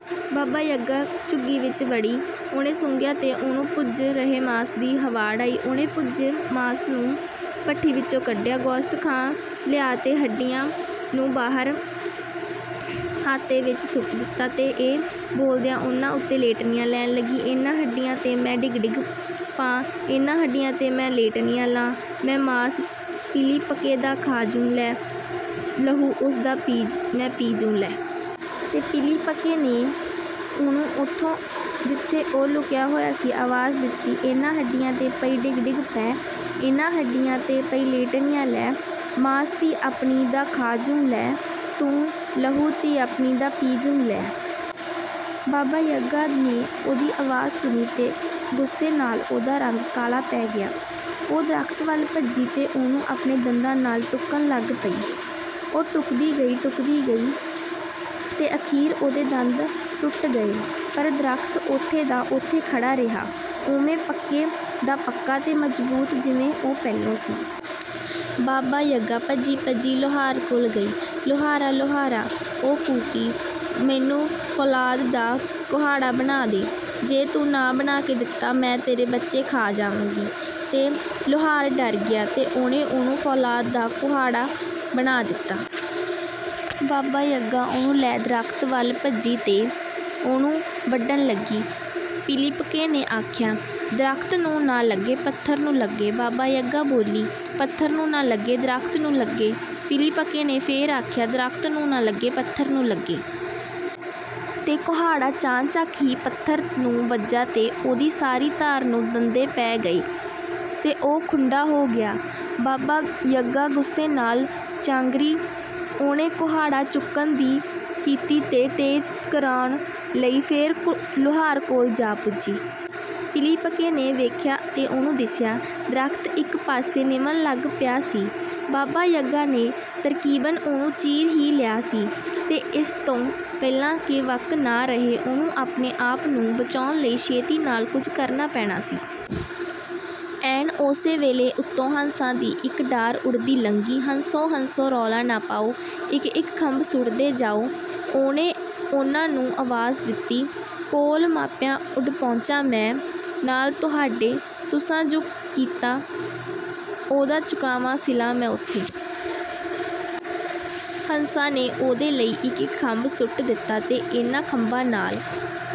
ਬਾਬਾ-ਯਗਾ ਝੁੱਗੀ ਵਿੱਚ ਵੜੀ। ਉਹਨੇ ਸੁੰਘਿਆ ਤੇ ਉਹਨੂੰ ਭੁੱਜ ਰਹੇ ਮਾਸ ਦੀ ਹਵਾੜ ਆਈ। ਉਹਨੇ ਭੁੱਜੇ ਮਾਸ ਨੂੰ ਭੱਠੀ ਵਿਚੋਂ ਕੱਢਿਆ, ਗੋਸ਼ਤ ਖਾ ਲਿਆ ਤੇ ਹੱਡੀਆਂ ਨੂੰ ਬਾਹਰ ਹਾਤੇ ਵਿੱਚ ਸੁੱਟ ਦਿੱਤਾ, ਤੇ ਇਹ ਬੋਲਦਿਆਂ ਉਹਨਾਂ ਉੱਤੇ ਲੇਟਣੀਆਂ ਲੈਣ ਲੱਗੀ, "ਇਹਨਾਂ ਹੱਡੀਆਂ 'ਤੇ ਮੈਂ ਡਿਗ-ਡਿਗ ਪਾਂ, ਇਹਨਾਂ ਹੱਡੀਆਂ 'ਤੇ ਮੈਂ ਲੇਟਣੀਆਂ ਲਾਂ, ਮੈਂ ਮਾਸ ਪਿਲੀਪਕੇ ਦਾ ਖਾ ਜੁ ਲਿਐ, ਲਹੂ ਓਸ ਦਾ ਮੈਂ ਪੀ ਜੁ ਲਿਐ।"। ਤੇ ਪਿਲੀਪਕੇ ਨੇ ਉਹਨੂੰ ਓਥੋਂ, ਜਿੱਥੇ ਉਹ ਲੁਕਿਆ ਹੋਇਆ ਸੀ, ਆਵਾਜ਼ ਦਿੱਤੀ, "ਇਹਨਾਂ ਹੱਡੀਆਂ 'ਤੇ ਪਈ ਡਿਗ-ਡਿਗ ਪੈ, ਇਹਨਾਂ ਹੱਡੀਆਂ 'ਤੇ ਪਈ ਲੇਟਣੀਆਂ ਲੈ, ਤੇ ਮਾਸ ਧੀ ਆਪਣੀ ਦਾ ਖਾ ਜੁ ਲਿਐ, ਤੂੰ ਲਹੂ ਧੀ ਆਪਣੀ ਦਾ ਪੀ ਜੁ ਲਿਐ।" ਬਾਬਾ-ਯਗਾ ਨੇ ਉਹਦੀ ਆਵਾਜ਼ ਸੁਣੀ ਤੇ ਗੁੱਸੇ ਨਾਲ ਉਹਦਾ ਰੰਗ ਕਾਲਾ ਪੈ ਗਿਆ। ਉਹ ਦਰਖ਼ਤ ਵੱਲ ਭੱਜੀ ਤੇ ਉਹਨੂੰ ਆਪਣੇ ਦੰਦਾਂ ਨਾਲ ਟੁੱਕਣ ਲੱਗ ਪਈ। ਉਹ ਟੁੱਕਦੀ ਗਈ, ਟੁੱਕਦੀ ਗਈ ਤੇ ਅਖ਼ੀਰ ਉਹਦੇ ਦੰਦ ਟੁੱਟ ਗਏ, ਪਰ ਦਰਖ਼ਤ ਓਥੇ ਦਾ ਓਥੇ ਖੜ੍ਹਾ ਰਿਹਾ, ਉਵੇਂ ਪੱਕੇ ਦਾ ਪੱਕਾ ਤੇ ਮਜ਼ਬੂਤ, ਜਿਵੇਂ ਉਹ ਪਹਿਲੋਂ ਸੀ। ਬਾਬਾ-ਯਗਾ ਭੱਜੀ-ਭੱਜੀ ਲੁਹਾਰ ਕੋਲ ਗਈ। "ਲੁਹਾਰਾ, ਲੁਹਾਰਾ," ਉਹ ਕੂਕੀ, "ਮੈਨੂੰ ਫ਼ੌਲਾਦ ਦਾ ਕੁਹਾੜਾ ਬਣਾ ਦੇ! ਜੇ ਤੂੰ ਨਾ ਬਣਾ ਕੇ ਦਿੱਤਾ, ਮੈਂ ਤੇਰੇ ਬੱਚੇ ਖਾ ਜਾਂਗੀ।" ਤੇ ਲੁਹਾਰ ਡਰ ਗਿਆ ਤੇ ਉਹਨੇ ਉਹਨੂੰ ਫ਼ੌਲਾਦ ਦਾ ਕੁਹਾੜਾ ਬਣਾ ਦਿੱਤਾ। ਬਾਬਾ-ਯਗਾ ਉਹਨੂੰ ਲੈ ਦਰਖ਼ਤ ਵੱਲ ਭੱਜੀ ਤੇ ਉਹਨੂੰ ਵੱਢਣ ਲੱਗੀ। ਪਿਲੀਪਕੇ ਨੇ ਆਖਿਆ, "ਦਰਖ਼ਤ ਨੂੰ ਨਾ ਲੱਗੇ, ਪੱਥਰ ਨੂੰ ਲੱਗੇ!" ਬਾਬਾ-ਯਗਾ ਬੋਲੀ, "ਪੱਥਰ ਨੂੰ ਨਾ ਲੱਗੇ, ਦਰਖ਼ਤ ਨੂੰ ਲੱਗੇ!" ਪਿਲੀਪਕੇ ਨੇ ਫੇਰ ਆਖਿਆ, "ਦਰਖ਼ਤ ਨੂੰ ਨਾ ਲੱਗੇ, ਪੱਥਰ ਨੂੰ ਲੱਗੇ!" ਤੇ ਕੁਹਾੜਾ ਚਾਣਚਕ ਹੀ ਪੱਥਰ ਨੂੰ ਵੱਜਾ ਤੇ ਉਹਦੀ ਸਾਰੀ ਧਾਰ ਨੂੰ ਦੰਦੇ ਪੈ ਗਏ ਤੇ ਉਹ ਖੁੰਢਾ ਹੋ ਗਿਆ। ਬਾਬਾ-ਯਗਾ ਗੁੱਸੇ ਨਾਲ ਚਾਂਗਰੀ। ਉਹਨੇ ਕੁਹਾੜਾ ਚੁੱਕਣ ਦੀ ਕੀਤੀ ਤੇ ਤੇਜ਼ ਕਰਾਉਣ ਲਈ ਫੇਰ ਲੁਹਾਰ ਕੋਲ ਜਾ ਪੁੱਜੀ। ਪਿਲੀਪਕੇ ਨੇ ਵੇਖਿਆ ਤੇ ਉਹਨੂੰ ਦਿਸਿਆ, ਦਰਖ਼ਤ ਇਕ ਪਾਸੇ ਨਿਵਣ ਲੱਗ ਪਿਆ ਸੀ। ਬਾਬਾ-ਯਗਾ ਨੇ ਤਕਰੀਬਨ ਉਹਨੂੰ ਚੀਰ ਹੀ ਲਿਆ ਸੀ, ਤੇ ਇਸ ਤੋਂ ਪਹਿਲਾਂ ਕਿ ਵਕਤ ਨਾ ਰਹੇ, ਉਹਨੂੰ ਆਪਣੇ ਆਪ ਨੂੰ ਬਚਾਉਣ ਲਈ ਛੇਤੀ ਨਾਲ ਕੁਝ ਕਰਨਾ ਪੈਣਾ ਸੀ। ਐਨ ਓਸੇ ਵੇਲੇ ਉੱਤੋਂ ਹੰਸਾਂ ਦੀ ਇਕ ਡਾਰ ਉੱਡਦੀ ਲੰਘੀ। "ਹੰਸੋ, ਹੰਸੋ, ਰੌਲੀ ਨਾ ਪਾਉ, ਇਕ-ਇਕ ਖੰਭ ਸੁੱਟਦੇ ਜਾਉ," ਉਹਨੇ ਉਹਨਾਂ ਨੂੰ ਆਵਾਜ਼ ਦਿੱਤੀ। "ਕੋਲ ਮਾਪਿਆਂ ਉੱਡ ਪਹੁੰਚਾਂ, ਮੈਂ ਨਾਲ ਤੁਹਾਡੇ; ਤੁਸਾਂ ਜੁ ਕੀਤਾ, ਉਹਦਾ ਚੁਕਾਵਾਂ ਸਿਲਾ ਮੈਂ ਓਥੇ।" ਹੰਸਾਂ ਨੇ ਉਹਦੇ ਲਈ ਇਕ-ਇਕ ਖੰਭ ਸੁੱਟ ਦਿੱਤਾ, ਤੇ ਇਹਨਾਂ ਖੰਭਾਂ ਨਾਲ